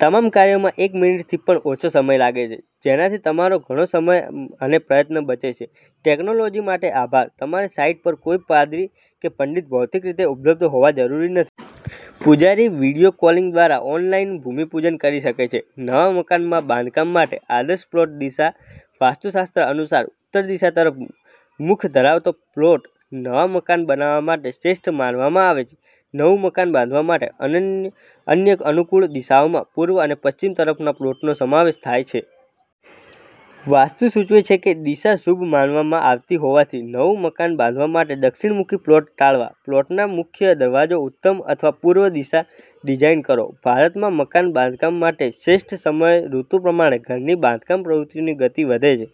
તમામ કાર્યોમાં એક મિનિટથી પણ ઓછો સમય લાગે છે, જેનાથી તમારો ઘણો સમય અને પ્રયત્ન બચે છે. ટેક્નોલોજી માટે આભાર, તમારે સાઈટ પર કોઈ પાદરી કે પંડિત ભૌતિક રીતે ઉપલબ્ધ હોવા જરૂરી નથી. પૂજારી વીડિયો કોલિંગ દ્વારા ઓનલાઈન ભૂમિપૂજન કરી શકે છે. નવા મકાનના બાંધકામ માટે આદર્શ પ્લોટ દિશા વાસ્તુશાસ્ત્ર અનુસાર, ઉત્તર દિશા તરફ મુખ ધરાવતો પ્લોટ નવા મકાન બનાવવા માટે શ્રેષ્ઠ માનવામાં આવે છે. નવું મકાન બાંધવા માટે અન્ય અનુકૂળ દિશાઓમાં પૂર્વ અને પશ્ચિમ તરફના પ્લોટનો સમાવેશ થાય છે. વાસ્તુ સૂચવે છે કે દિશા શુભ માનવામાં આવતીહોવાથી નવું મકાન બાંધવા માટે દક્ષિણમુખી પ્લોટ ટાળવા. પ્લોટના મુખ્ય દરવાજાને ઉત્તર અથવા પૂર્વ દિશામાં ડિઝાઇન કરો. ભારતમાં મકાન બાંધકામ માટે શ્રેષ્ઠ સમય ઋતુ પ્રમાણે ઘરની બાંધકામ પ્રવૃત્તિની ગતિ વધે છે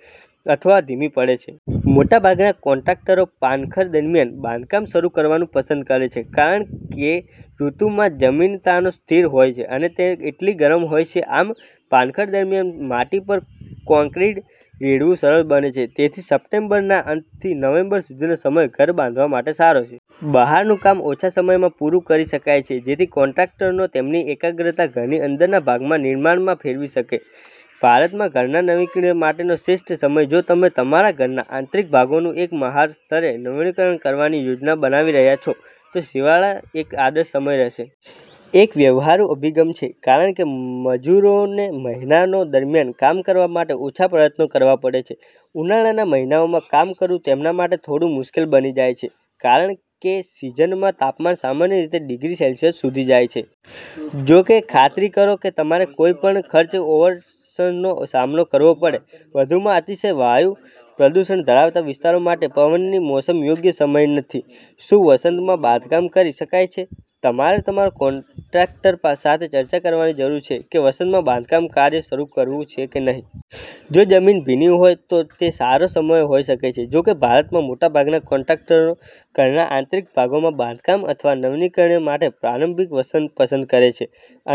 અથવા ધીમી પડે છે. મોટાભાગના કોન્ટ્રાક્ટરો પાનખર દરમિયાન બાંધકામ શરૂ કરવાનું પસંદ કરે છે કારણ કેઋતુમાં જમીનતો સ્થિર હોય છે અનેતો એટલી ગરમ હોય છે. આમ, પાનખર દરમિયાન માટી પર કોંક્રિટ રેડવું સરળ બને છે. તેથી, સપ્ટેમ્બરના અંતથી નવેમ્બર સુધીનો સમય ઘર બાંધવા માટે સારો છે. બહારનું કામ ઓછા સમયમાં પૂરું કરી શકાય છે જેથી કોન્ટ્રાક્ટરો તેમની એકાગ્રતા ઘરની અંદરના ભાગના નિર્માણમાં ફેરવી શકે. ભારતમાં ઘરના નવીનીકરણ માટેનો શ્રેષ્ઠ સમય જો તમે તમારા ઘરના આંતરિક ભાગોને એક મહાન સ્તરે નવીનીકરણ કરવાની યોજના બનાવી રહ્યા છો, તો શિયાળો એક આદર્શ સમય હશે. એક વ્યવહારુ અભિગમ છે કારણ કે મજૂરોનેમહિનાઓ દરમિયાન કામ કરવા માટે ઓછા પ્રયત્નો કરવા પડે છે. ઉનાળાના મહિનાઓમાં કામ કરવું તેમના માટે થોડું મુશ્કેલ બની જાય છે કારણ કેસિઝનમાં તાપમાન સામાન્ય રીતે ડિગ્રી સેલ્સિયસ સુધી જાય છે. જો કે, ખાતરી કરો કે તમારે કોઈપણ ખર્ચ ઓવરરન્સનો સામનો કરવોપડે. વધુમાં, અતિશય વાયુ પ્રદૂષણ ધરાવતા વિસ્તારો માટે પવનની મોસમ યોગ્ય સમય નથી. શું વસંતમાં બાંધકામ કરી શકાય છે? તમારે તમારા કોન્ટ્રાક્ટર સાથે ચર્ચા કરવાની જરૂર છે કે વસંતમાં બાંધકામ કાર્ય શરૂ કરવું કે નહીં. જો જમીન ભીનીહોય, તો તે સારો સમય હોઈ શકે છે. જો કે, ભારતમાં, મોટાભાગના કોન્ટ્રાક્ટરો ઘરના આંતરિક ભાગોના બાંધકામ અથવા નવીનીકરણ માટે પ્રારંભિક વસંત પસંદ કરે છે.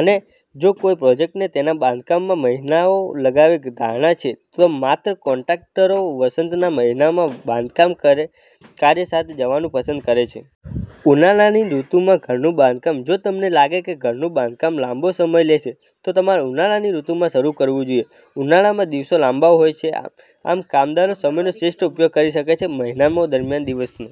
અને જો કોઈ પ્રોજેક્ટને તેના બાંધકામમાં મહિનાઓ લાગવાની ધારણા છે, તો માત્ર કોન્ટ્રાક્ટરો વસંતના મહિનામાં બાંધકામ કાર્ય સાથે જવાનું પસંદ કરે છે. ઉનાળાની ઋતુમાં ઘરનું બાંધકામ જો તમને લાગે કે ઘરનું બાંધકામ લાંબો સમય લેશે, તો તમારે ઉનાળાની ઋતુમાં શરૂ કરવું જોઈએ. ઉનાળામાં દિવસો લાંબા હોય છેઆમ, કામદારો સમયનો શ્રેષ્ઠ ઉપયોગ કરી શકે છે. મહિનાઓ દરમિયાન દિવસનો